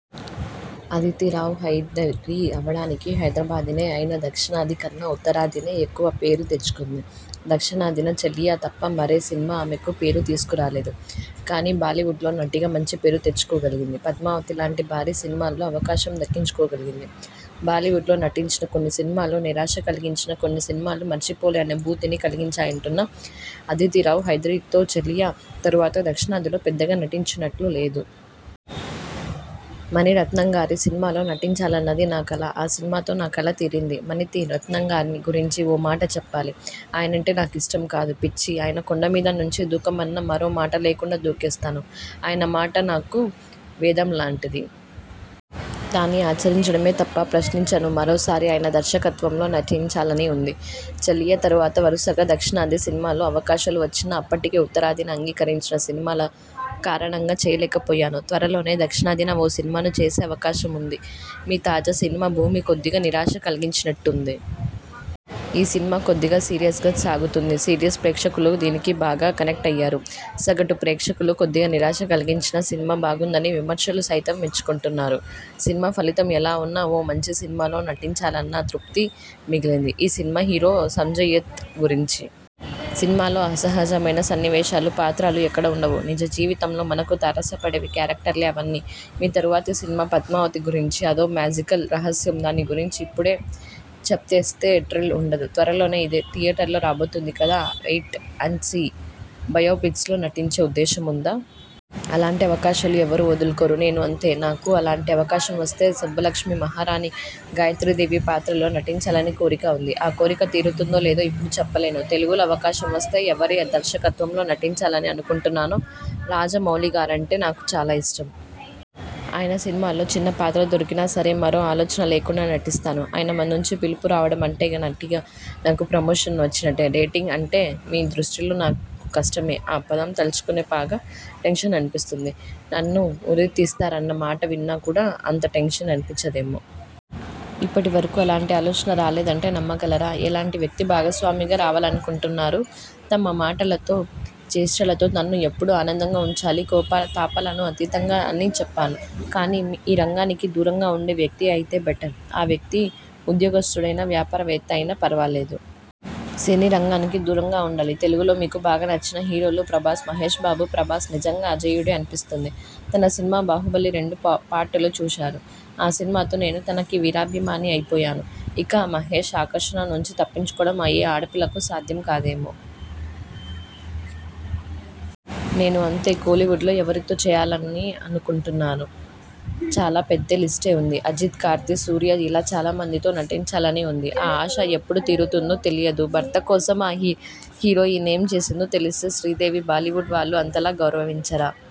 అదితిరావ్ హైదరీ అవడానికి హైదరాబాదీనే, అయినా దక్షిణాది కన్నా ఉత్తరాదినే ఎక్కువ పేరు తెచ్చుకుంది. దక్షిణాదిన 'చెలియా' తప్ప మరే సినిమా ఆమెకు పేరు తీసుకురాలేదు. కానీ బాలీవుడ్లో నటిగా మంచి పేరు తెచ్చుకోగలిగింది. 'పద్మావతి'లాంటి భారీ సినిమాల్లో అవకాశం దక్కించుకోగలిగింది. బాలీవుడ్లో నటించిన కొన్ని సినిమాలు నిరాశ కలిగించినా, కొన్ని సినిమాలు మరిచిపోలేని అనుభూతిని కలిగించాయంటున్న అదితిరావ్ హైదరీతో'చెలియా' తరువాత దక్షిణాదిలో పెద్దగా నటించినట్లు లేదు? మణిరత్నంగారి సినిమాలో నటించాలన్నది నా కల. ఆ సినిమాతో నా కల తీరింది. మణిరత్నంగారి గురించి ఓ మాట చెప్పాలి. ఆయనంటే నాకు ఇష్టం కాదు. పిచ్చి. ఆయన కొండమీద నుంచి దూకమన్నా మరో మాట లేకుండా దూకేస్తాను. ఆయన మాట నాకు వేదం లాంటిది. దాన్ని ఆచరించడమే తప్ప ప్రశ్నించను. మరోసారి ఆయన దర్శకత్వంలో నటించాలని ఉంది. 'చెలియా' తరువాత వరుసగా దక్షిణాది సినిమాల్లో అవకాశాలు వచ్చినా, అప్పటికే ఉత్తరాదిన అంగీకరించిన సినిమాల కారణంగా చేయలేకపోయాను. త్వరలోనే దక్షిణాదిన ఓ సినిమా చేసే అవకాశం ఉంది. మీ తాజా సినిమా 'భూమి' కొద్దిగా నిరాశ కలిగించినట్టుంది? ఈ సినిమా కొద్దిగా సీరియస్గా సాగుతుంది. సీరియస్ ప్రేక్షకులు దీనికి బాగా కనెక్ట్ అయ్యారు. సగటు ప్రేక్షకులు కొద్దిగా నిరాశ కలిగించినా, సినిమా బాగుందని విమర్శకులు సైతం మెచ్చుకుంటున్నారు. సినిమా ఫలితం ఎలా ఉన్నా ఓ మంచి సినిమాలో నటించానన్న తృప్తి మిగిలింది. ఈ సినిమా హీరో సంజయ్దత్ గురించి? సినిమాలో అసహజమైన సన్నివేశాలూ, పాత్రలు ఎక్కడా ఉండవు. నిజజీవితంలో మనకు తారసపడే క్యారక్టర్లే అవన్నీ. మీ తరువాతి సినిమా 'పద్మావతి' గురించి? అదో మ్యాజికల్ రహస్యం దాని గురించి ఇప్పుడే చెప్పేస్తే థ్రిల్ ఉండదు. త్వరలోనే ధియేటర్లలోకి రాబోతోంది కదా! Wait and see. బయోపిక్స్లో నటించే ఉద్దేశం ఉందా? అలాంటి అవకాశాలు ఎవరూ వదులుకోరు. నేనూ అంతే. నాకు అలాంటి అవకాశం వస్తే సుబ్బలక్ష్మి, మహారాణి గాయత్రీదేవి పాత్రలలో నటించాలని కోరిక ఉంది. ఆ కోరిక తీరుతుందో లేదో ఇప్పుడే చెప్పలేను. తెలుగులో అవకాశం వస్తే ఎవరి దర్శకత్వంలో నటించాలని అనుకుంటున్నారు? రాజమౌళిగారంటే నాకు చాలా ఇష్టం. ఆయన సినిమాలో చిన్న పాత్ర దొరికినా సరే మరో ఆలోచన లేకుండా నటిస్తాను. ఆయన నుంచి పిలుపు రావడం అంటే నటిగా నాకు ప్రమోషన్ వచ్చినట్టే! డేటింగ్ అంటే మీ దృష్టిలోనాకు కష్టమే! ఆ పదం తలుచుకునే పాగ బాగా టెన్షన్ అనిపిస్తుంది. నన్ను ఉరి తీస్తారన్న మాట విన్నా కూడా అంత టెన్షన్ అనిపించదేమో! ఇప్పటి వరకూ అలాంటి ఆలోచన రాలేదంటే నమ్మగలరా? ఎలాంటి వ్యక్తి భాగస్వామిగా రావాలనుకుంటున్నారు? తమ మాటలతో చేష్టలతో నన్ను ఎప్పుడూ ఆనందంగా ఉంచాలి. కోపతాపాలను అతీతంగా అని చెప్పను కానీ, ఈ రంగానికి దూరంగా ఉండే వ్యక్తి అయితే బెటర్. ఆ వ్యక్తి ఉద్యోగస్తుడైనా, వ్యాపారవేత్త అయినా పర్వాలేదు. సినీ రంగానికి దూరంగా ఉండాలి. తెలుగులో మీకు బాగా నచ్చిన హీరోలు? ప్రభాస్, మహేష్బాబు. ప్రభాస్ నిజంగా అజేయుడే అనిపిస్తుంది. తన సినిమా 'బాహుబలి' రెండు పార్టులు చూశాను. ఆ సినిమాతో నేను తనకి వీరాభిమాని అయిపోయాను. ఇక మహేష్ ఆకర్షణ నుంచి తప్పించుకోవడం అయ్యే ఆడపిల్లకు సాధ్యం కాదేమో! నేనూ అంతే! కోలీవుడ్లో ఎవరితో చేయాలని అనుకుంటున్నాను? చాలా పెద్ద లిస్టే ఉంది. అజిత్, కార్తీ, సూర్యా ఇలా చాలా మందితో నటించాలని ఉంది. ఆ ఆశ ఎప్పుడు తీరుతుందో తెలియదు. భర్త కోసం ఆ హీరోయిన్ ఏం చేసిందో తెలిస్తేశ్రీదేవి బాలీవుడ్ వాళ్లు అంతలా గౌరవించరా?